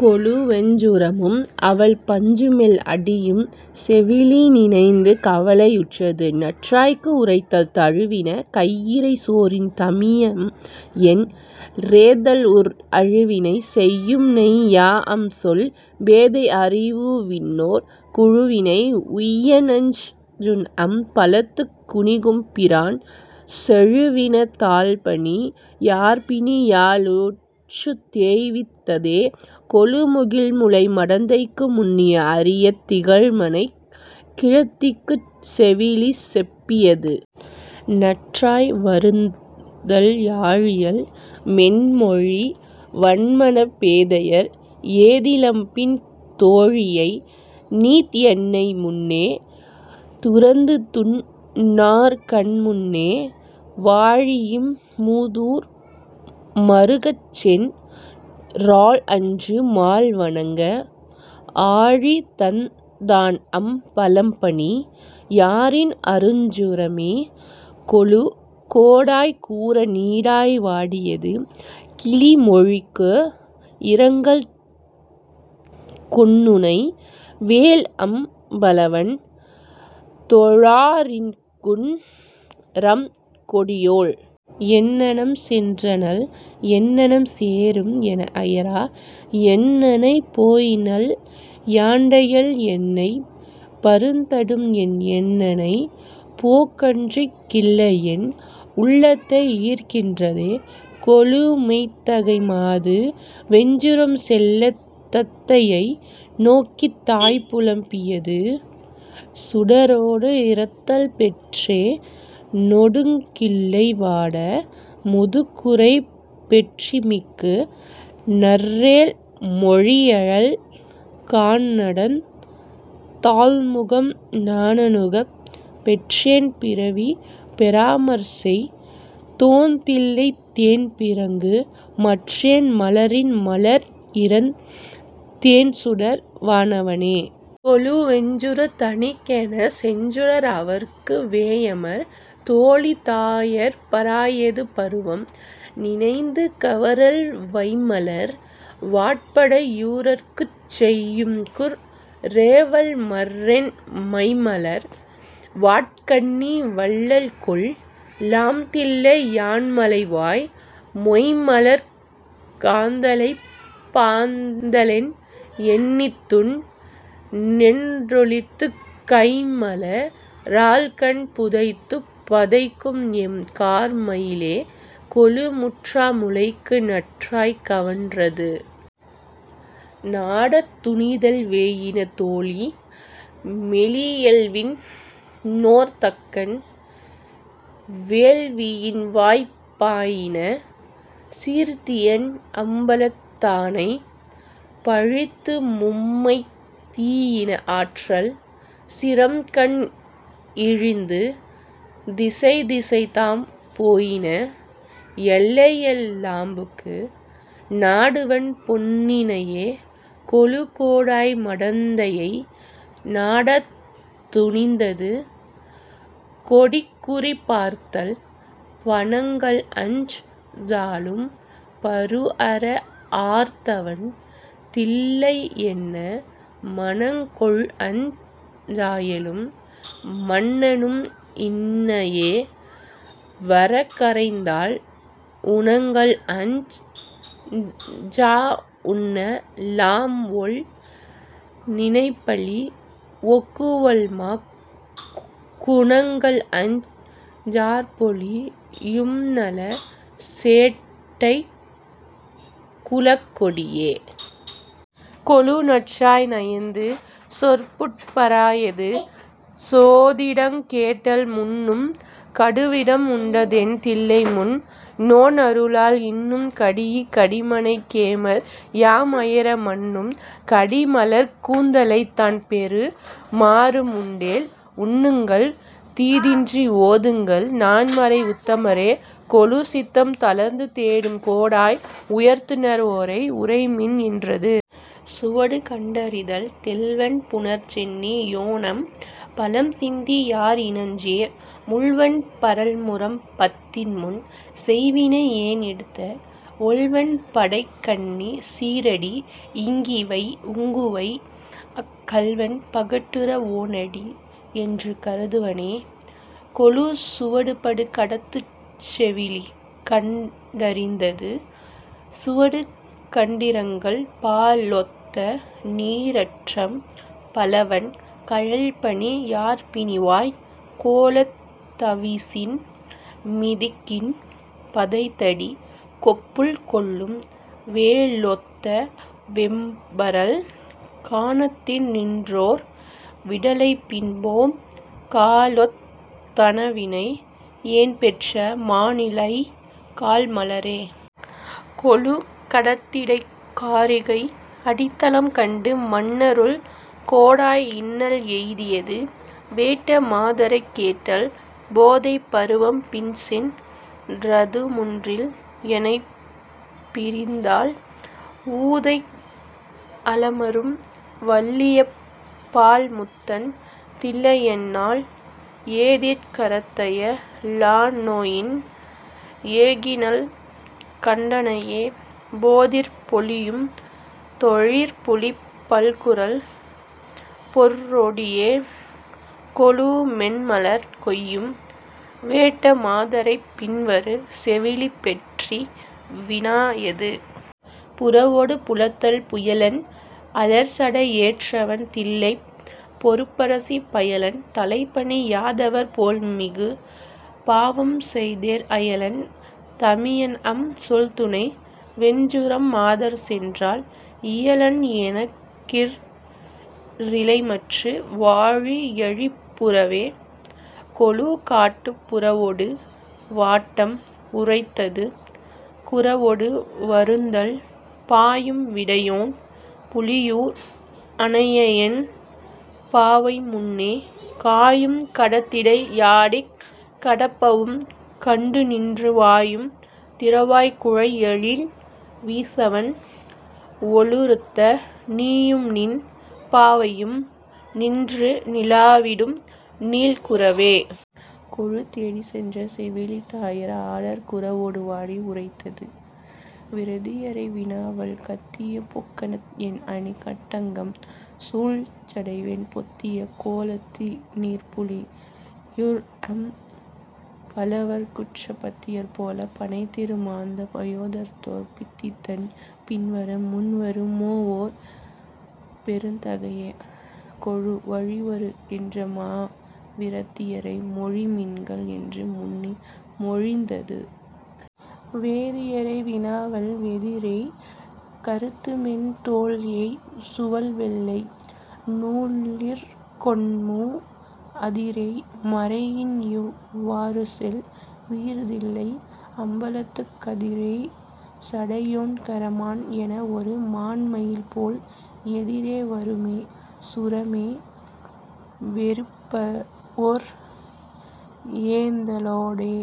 கொளு வெஞ்சுரமும் அவள் பஞ்சுமெல் அடியும் செவிலி நினைந்து கவலை யுற்றது.. நற்றாய்க்கு உரைத்தல் தழுவின கையிறை சோரின் தமியம்என் றேதளர்வுற் அழுவினை செய்யும்நை யாஅம்சொல் பேதை அறிவுவிண்ணோர் குழுவினை உய்யநஞ் சுண்அம் பலத்துக் குனிக்கும்பிரான் செழுவின தாள்பணி யார்பிணி யாலுற்றுத் தேய்வித்ததே... கொளு முகிழ்முலை மடந்தைக்கு முன்னிய அறியத் திகழ்மனைக் கிழத்திக்குச் செவிலி செப்பியது.. நற்றாய் வருந்தல் யாழியல் மென்மொழி வன்மனப் பேதையர் ஏதிலம்பின் தோழியை நீத்என்னை முன்னே துறந்துதுன் னார்கண்முன்னே வாழிஇம் மூதூர் மறுகச்சென் றாள்அன்று மால்வணங்க ஆழிதந் தான்அம் பலம்பணி யாரின் அருஞ்சுரமே... கொளு கோடாய் கூற நீடாய் வாடியது.. கிளி மொழிக்கு இரங்கல் கொன்னுனை வேல்அம் பலவன் தொழாரின்குன் றம்கொடியோள்। என்னணம் சென்றனள் என்னணம் சேரும் எனஅயரா என்னனை போயினள் யாண்டையள் என்னைப் பருந்தடும்என் என்னனை போக்கன்றிக் கிள்ளைஎன் உள்ளத்தை ஈர்க்கின்றதே... கொளு மெய்த்தகை மாது வெஞ்சுரம் செல்லத் தத்தையை நோக்கித் தாய்புலம் பியது.. சுடரோடு இரத்தல் பெற்றே னொடுங்கிள்ளை வாட முதுக்குறை பெற்றிமிக்கு நற்றேள் மொழியழல் கான்நடந் தாள்முகம் நானணுகப் பெற்றேன் பிறவி பெறாமற்செய் தோன்தில்லைத் தேன்பிறங்கு மற்றேன் மலரின் மலர்த்இரந் தேன்சுடர் வானவனே... கொளு வெஞ்சுரத் தணிக்கெனச் செஞ்சுடர் அவற்கு வேயமர் தோளி தாயர் பராயது.. பருவம் நினைந்து கவறல் வைம்மலர் வாட்படை யூரற்குச் செய்யும்குற் றேவல்மற்றென் மைம்மலர் வாட்கண்ணி வல்லள்கொல் லாம்தில்லை யான்மலைவாய் மொய்ம்மலர்க் காந்தளைப் பாந்தளென் எண்ணித்துண் ணென்றொளித்துக் கைம்மல ரால்கண் புதைத்துப் பதைக்கும்எம் கார்மயிலே... கொளு முற்றா முலைக்கு நற்றாய் கவன்றது.. நாடத் துணிதல் வேயின தோளி மெலியல்விண் ணோர்தக்கன் வேள்வியின்வாய்ப் பாயின சீர்த்தியன் அம்பலத் தானைப் பழித்துமும்மைத் தீயின ஆற்றல் சிரம்கண்இழிந்து திசைதிசைதாம் போயின எல்லையெல் லாம்புக்கு நாடுவன் பொன்னினையே... கொளு கோடாய் மடந்தையை நாடத் துணிந்தது.. கொடிக்குறி பார்த்தல் பணங்கள்அஞ் சாலும் பருஅர ஆர்த்தவன் தில்லையன்ன மணங்கொள்அஞ் சாயலும் மன்னனும் இன்னஏ வரக்கரைந்தால் உணங்கல்அஞ் சாஉண்ண லாம்ஒள் நிணப்பலி ஒக்குவல்மாக் குணங்கள்அஞ் சாற்பொலி யும்நல சேட்டைக் குலக்கொடியே... கொளு நற்றாய் நயந்து சொற்புட் பராயது.. சோதிடங் கேட்டல் முன்னும் கடுவிடம் உண்டதென் தில்லைமுன் னோன்அருளால் இன்னும் கடியிக் கடிமனைக் கேமற் யாம்அயர மன்னும் கடிமலர்க் கூந்தலைத் தான்பெறு மாறும்உண்டேல் உன்னுங்கள் தீதின்றி ஓதுங்கள் நான்மறை உத்தமரே... கொளு சித்தம் தளர்ந்து தேடும் கோடாய் உய்த்துணர் வோரை உரைமின் என்றது.. சுவடு கண்டறிதல் தெள்வன் புனற்சென்னி யோன்அம் பலம்சிந்தி யார்இனஞ்சேர் முள்வன் பரல்முரம் பத்தின்முன் செய்வினை யேன்எடுத்த ஒள்வன் படைக்கண்ணி சீறடி இங்கிவை உங்குவை அக் கள்வன் பகட்டுர வோன்அடி யென்று கருதுவனே... கொளு சுவடுபடு கடத்துச் செவிலி கண் டறிந்தது.. சுவடு கண்டிரங்கல் பாலொத்த நீற்றம் பலவன் கழல்பணி யார்பிணிவாய்க் கோலத் தவிசின் மிதிக்கின் பதைத்தடி கொப்புள்கொள்ளும் வேலொத்த வெம்பரல் கானத்தின் நின்றோர் விடலைபின்போம் காலொத் தனவினை யேன்பெற்ற மாணிழை கால்மலரே... கொளு கடத்திடைக் காரிகை அடித்தலம் கண்டு மன்னருள் கோடாய் இன்னல் எய்தியது.. வேட்ட மாதரைக் கேட்டல் பேதைப் பருவம் பின்சென் றதுமுன்றில் எனைப்பிரிந்தால் ஊதைக் அலமரும் வல்லியப் பாள்முத்தன் தில்லையன்னாள் ஏதிற் கரத்தய லானொஇன் ஏகினள் கண்டனையே போதிற் பொலியும் தொழிற்புலிப் பல்குரல் பொற்றொடியே... கொளு மென்மலர் கொய்யும் வேட்ட மாதரைப் பின்வரு செவிலி பெற்றி வினாயது.. புறவொடு புலத்தல் புயலன் அலர்சடை ஏற்றவன் தில்லைப் பொருப்பரசி பயலன் தலைப்பணி யாதவர் போல்மிகு பாவம்செய்தேற் அயலன் தமியன்அம் சொல்துணை வெஞ்சுரம் மாதர்சென்றால் இயலன் எனக்கிற் றிலைமற்று வாழி எழிற்புறவே... கொளு காட்டுப் புறவொடு வாட்டம் உரைத்தது.. குரவொடு வருந்தல் பாயும் விடையோன் புலியூர் அனையஎன் பாவைமுன்னே காயும் கடத்திடை யாடிக் கடப்பவும் கண்டுநின்று வாயும் திறவாய் குழைஎழில் வீசவண் ஓலுறுத்த நீயும்நின் பாவையும் நின்று நிலாவிடும் நீள்குரவே... கொளு தேடிச் சென்ற செவிலித் தாயர் ஆடற் குரவொடு வாடி உரைத்தது.. விரதியரை வினாவல் கத்திய பொக்கணத் என்அணி கட்டங்கம் சூழ்சடைவெண் பொத்திய கோலத்தி னீர்புலி யூர்அம் பலவர்க்குற்ற பத்தியர் போலப் பணைத்திறு மாந்த பயோதரத்தோர் பித்திதன் பின்வர முன்வரு மோஓர் பெருந்தகையே... கொளு வழிவரு கின்ற மாவிர தியரை மொழிமின்கள் என்று முன்னி மொழிந்தது.. வேதியரை வினாவல் வெதிரேய் கரத்துமென் தோல்ஏய் சுவல்வெள்ளை நூலிற்கொண்மூ அதிரேய் மறையின்இவ் வாறுசெல் வீர்தில்லை அம்பலத்துக் கதிரேய் சடையோன் கரமான் எனஒரு மான்மயில்போல் எதிரே வருமே சுரமே வெறுப்பவொர் ஏந்தலோடே.